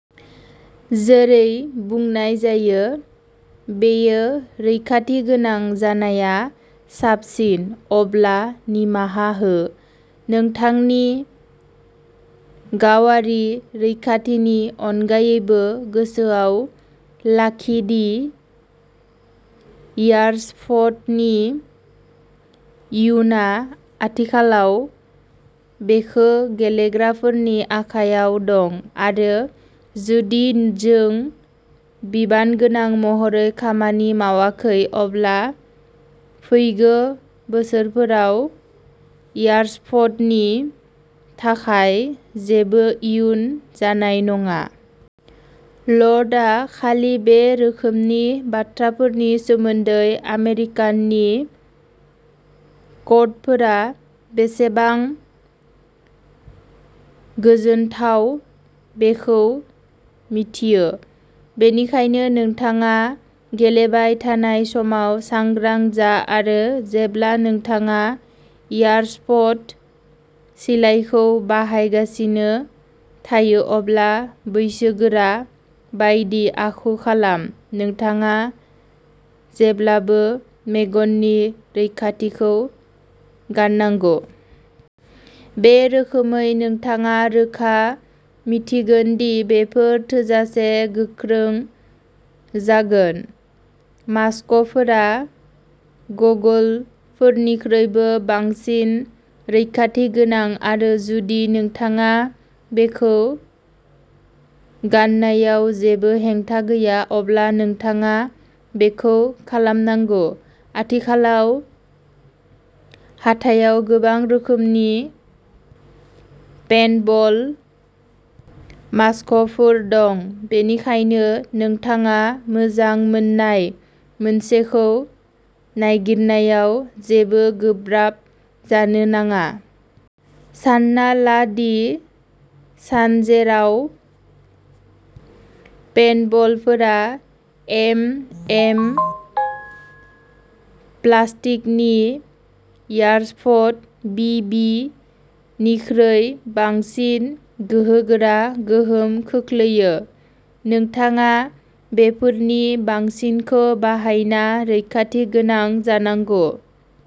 जेरै बुंनाय जायो, "बेयो रैखाथि गोनां जानाया साबसिन, अब्ला निमाहा हो! " नोंथांनि गावारि रैखाथिनि अनगायैबो गोसोआव लाखि दि एयारसफ्टनि इयुनआ आथिखालाव बेखौ गेलेग्राफोरनि आखायाव दं, आरो जुदि जों बिबानगोनां महरै खामानि मावाखै अब्ला फैगौ बोसोरफोराव एयारसफ्टनि थाखाय जेबो इयुन जानाय नङा। लर्डआ खालि बे रोखोमनि बाथ्राफोरनि सोमोन्दै आमेरिकानि कर्टफोरा बेसेबां गोजोनथाव बेखौ मिन्थियो, बेनिखायनो नोंथाङा गेलेबाय थानाय समाव सांग्रां जा आरो जेब्ला नोंथाङा एयारसफ्ट सिलाइखौ बाहायगासिनो थायो अब्ला बैसोगोरा बायदि आखु खालाम। नोंथाङा जेब्लाबो मेगननि रैखाथिखौ गाननांगौ। बे रोखोमै नोंथाङा रोखा मिन्थिगोन दि बेफोर थोजासे गोख्रों जागोन। मास्कफोरा गगलफोरनिख्रुइबो बांसिन रैखाथि गोनां आरो जुदि नोंथाङा बेखौ गाननायाव जेबो हेंथा गैया, अब्ला नोंथाङा बेखौ खालामनांगौ। आथिखालाव हाथायाव गोबां रोखोमनि पेन्टबल मास्कफोर दं, बेनिखायनो नोंथाङा मोजां मोननाय मोनसेखौ नागिरनायाव जेबो गोब्राब जानो नाङा। सानना ला दि सानजेराव पेन्टबलफोरा एम. एम. प्लास्टिकनि एयारसफ्ट बि. बि. निख्रुइ बांसिन गोहोगोरा गोहोम खोख्लैयो। नोंथाङा बेफोरनि बांसिनखौ बाहायना रैखाथि गोनां जानांगौ।